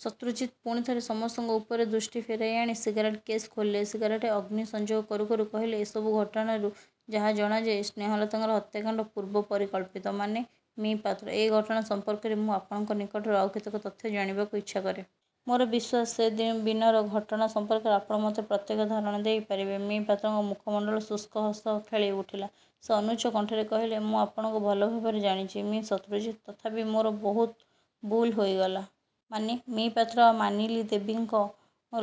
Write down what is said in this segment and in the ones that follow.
' ଶତ୍ରୁଜିତ ପୁଣି ଥରେ ସମସ୍ତଙ୍କ ଉପରୁ ଦୃଷ୍ଟି ଫେରାଇଆଣି ସିଗାରେଟ କେସ୍ ଖୋଲିଲେ। ସିଗାରେଟରେ ଅଗ୍ନି ସଂଯୋଗ କରୁ କରୁ କହିଲେ,'ଏସବୁ ଘଟଣାରୁ ଯାହା ଜଣାଯାଏ, ସ୍ନେହଲତାଙ୍କର ହତ୍ୟାକାଣ୍ଡ ପୂର୍ବପରିକଳ୍ପିତ। ' –ମାନେ? –ମି:ପାତ୍ର! ଏଇ ଘଟଣା ସଂପର୍କରେ ମୁଁ ଆପଣଙ୍କ ନିକଟରୁ। ଆଉ କେତେକ ତଥ୍ୟ ଜାଣିବାକୁ ଇଚ୍ଛା କରେ। ମୋର ବିଶ୍ୱାସ, ସେ ବିନର ଘଟଣା ସଂପର୍କରେ ଆପଣ ମୋତେ ପ୍ରତ୍ୟକ୍ଷ ଧାରଣା ଦେଇ ପାରିବେ। ମି:ପାତ୍ରଙ୍କ ମୁଖମଣ୍ଡଳରେ ଶୁଷ୍କ ହସ ଖେଳିଉଠିଲା। ସେ ଅନୁଚ୍ଚ କଣ୍ଠରେ କହିଲେ, 'ମୁଁ ଆପଣଙ୍କୁ ଭଲ ଭାବରେ ଜାଣିଛି, ମି: ଶତ୍ରୁଜିତ! ତଥାପି ବି ମୋର ବହୁତ ଭୁଲ ରହିଗଲା। ' –ମାନେ? –ମି: ପାତ୍ର ମାନିଲୀ ଦେବୀଙ୍କୁ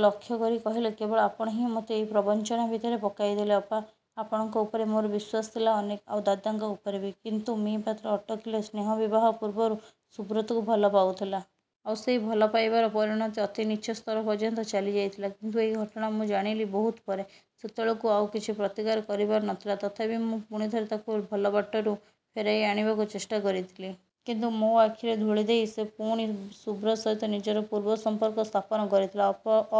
ଲକ୍ଷ୍ୟ କରି କହିଲେ, 'କେବଳ ଆପଣ ହିଁ ମୋତେ ଏଇ ପ୍ରବଞ୍ଚନା ଭିତରେ ପକାଇଦେଲେ, ଅପା! ଆପଣଙ୍କ ଉପରେ ମୋର ବିଶ୍ୱାସ ଥିଲା ଅନେକ। ଆଉ ଦାଦାଙ୍କ ଉପରେ ବି। କିନ୍ତୁ 'ମି:ପାତ୍ର ଅଟକିଲେ। 'ସ୍ନେହ ବିବାହ ପୂର୍ବରୁ ସୁବ୍ରତକୁ ଭଲ ପାଉଥିଲା। ଆଉ ସେଇ ଭଲ ପାଇବାର ପରିଣତ ଅତି ନୀଚ ସ୍ତର ପର୍ଯ୍ୟନ୍ତ ଚାଲିଯାଇଥିଲା। କିନ୍ତୁ ଏଇ ଘଟଣା ମୁଁ ଜାଣିଲି ବହୁତ ପରେ। ସେତେବେଳକୁ ଆଉ କିଛି ପ୍ରତିକାର କରିବାର ନ ଥିଲା। ତଥାପି ମୁଁ ପୁଣି ଥରେ ତାକୁ ଭଲବାଟରୁ ଫେରାଇ ଆଣିବାକୁ ଚେଷ୍ଟା କରିଥିଲି। କିନ୍ତୁ ମୋ ଆଖିରେ ଧୂଳି ଦେଇ ସେ ପୁଣି ସୁବ୍ରତ ସହିତ ନିଜର ପୂର୍ବ ସଂପର୍କ ସ୍ଥାପନ କରିଥିଲା।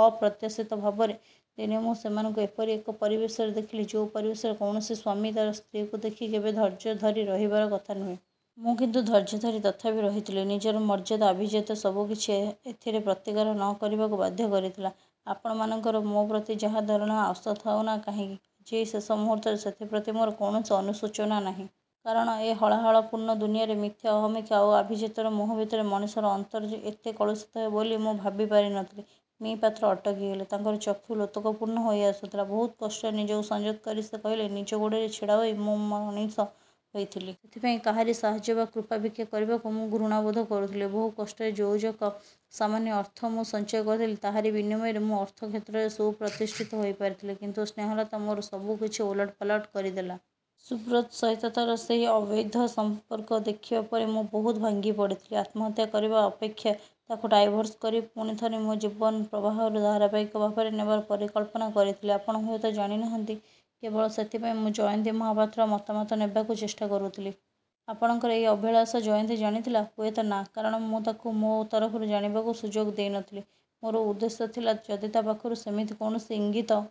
ଅପ୍ରତ୍ୟାଶିତ ଭାବରେ ଦିନେ ମୁଁ ସେମାନଙ୍କୁ ଏପରି ଏକ ପରିବେଶରେ ଦେଖିଲି, ଯୋଉ ପରିବେଶରେ କୌଣସି ସ୍ୱାମୀ ତାର ସ୍ତ୍ରୀକୁ ଦେଖି କେବେ ଧୈର୍ଯ୍ୟ ଧରି ରହିବାର କଥା ନୁହେଁ। ମୁଁ କିନ୍ତୁ ଧୈର୍ଯ୍ୟ ଧରି ତଥାପି ରହିଥିଲି। ନିଜର ମର୍ଯ୍ୟାଦା ଆଭିଜାତ୍ୟ ସବୁ କିଛି ଏଥିର ପ୍ରତିକାର ନ କରିବାକୁ ବାଧ୍ୟ କରିଥିଲା। ' 'ଆପଣମାନଙ୍କର ମୋ ପ୍ରତି ଯାହା ଧାରଣା ଆସୁଥାଉ ନା କାହିଁକି, ଆଜି ଏଇ ଶେଷ ମୁହୂର୍ତ୍ତରେ ସେଥିପ୍ରତି ମୋର କୌଣସି ଅନୁଶୋଚନା ନାହିଁ। କାରଣ ଏ ହଳାହଳପୂର୍ଣ୍ଣ ଦୁନିଆରେ ମିଥ୍ୟା ଅହମିକା ଆଉ ଆଭିଜାତ୍ୟର ମୋହ ଭିତରେ ମଣିଷର ଅନ୍ତର ଏତେ କଳୁଷିତ ବୋଲି ମୁଁ ଭାବି ପାରି ନ ଥିଲି। ମି:ପାତ୍ର ଅଟକିଲେ। ତାଙ୍କର ଚକ୍ଷୁ ଲୋତକପୂର୍ଣ୍ଣ ହେଇଆସୁଥିଲା। ବହୁତ କଷ୍ଟରେ ନିଜକୁ ସଂଯତ କରି ସେ କହିଲେ, 'ନିଜ ଗୋଡ଼ରେ ଛିଡ଼ା ହୋଇ ମୁଁ ମଣିଷ ହୋଇଥିଲି। ସେଥିପାଇଁ କାହାରି ସାହାଯ୍ୟ ବା କୃପାଭିକ୍ଷା କରିବାକୁ ମୁଁ ଘୃଣା ବୋଧ କରୁଥିଲି। ବହୁ କଷ୍ଟରେ ଯୋଉଜକ ସାମାନ୍ୟ ଅର୍ଥ ମୁଁ ସଞ୍ଚୟ କରିଥିଲି ତାହାରି ବିନିମୟରେ ମୁଁ ଅର୍ଥକ୍ଷେତ୍ରରେ ସୁପ୍ରତିଷ୍ଠିତ ହେଇପାରିଥିଲି। ' 'କିନ୍ତୁ ସ୍ନେହଲତା ମୋର ସବୁ କିଛି ଓଲଟି ପାଲଟ କରିଦେଲା। ସୁବ୍ରତ ସହିତ ତାର ସେଇ ଅବୈଧ ସଂପର୍କ ଦେଖିବା ପରେ ମୁଁ ବହୁତ ଭାଙ୍ଗିପଡ଼ିଥିଲି। ଆତ୍ମହତ୍ୟା କରିବା ଅପେକ୍ଷେ-। ତାକୁ ଡାଇଭୋର୍ସ କରି ପୁଣି ଥରେ ମୋର ଜୀବନପ୍ରବାହରୁ ଧାରାବାହିକ ଭାବରେ ନେବାର ପରିକଳ୍ପନା କରିଥିଲି। ଆପଣ ହୁଏତ ଜାଣିନାହାନ୍ତି, କେବଳ ସେଇଥିପାଇଁ ମୁଁ ଜୟନ୍ତୀ ମହାପାତ୍ରର ମତାମତ ନେବାକୁ ଚେଷ୍ଟା କରୁଥିଲି। ' 'ଆପଣଙ୍କର ଏଇ ଅଭିଳାଷ ଜୟନ୍ତୀ ଜାଣିଥିଲା? ' 'ହୁଏତ ନା—କାରଣ ମୁଁ ତାକୁ ମୋ ତରଫରୁ ଜାଣିବାକୁ ସୁଯୋଗ ଦେଇ ନଥିଲି। ମୋର ଉଦ୍ଦେଶ୍ୟ ଥିଲା, ଯଦି ତା' ପାଖରୁ ସେମିତି କୌଣସି ଇଙ୍ଗିତ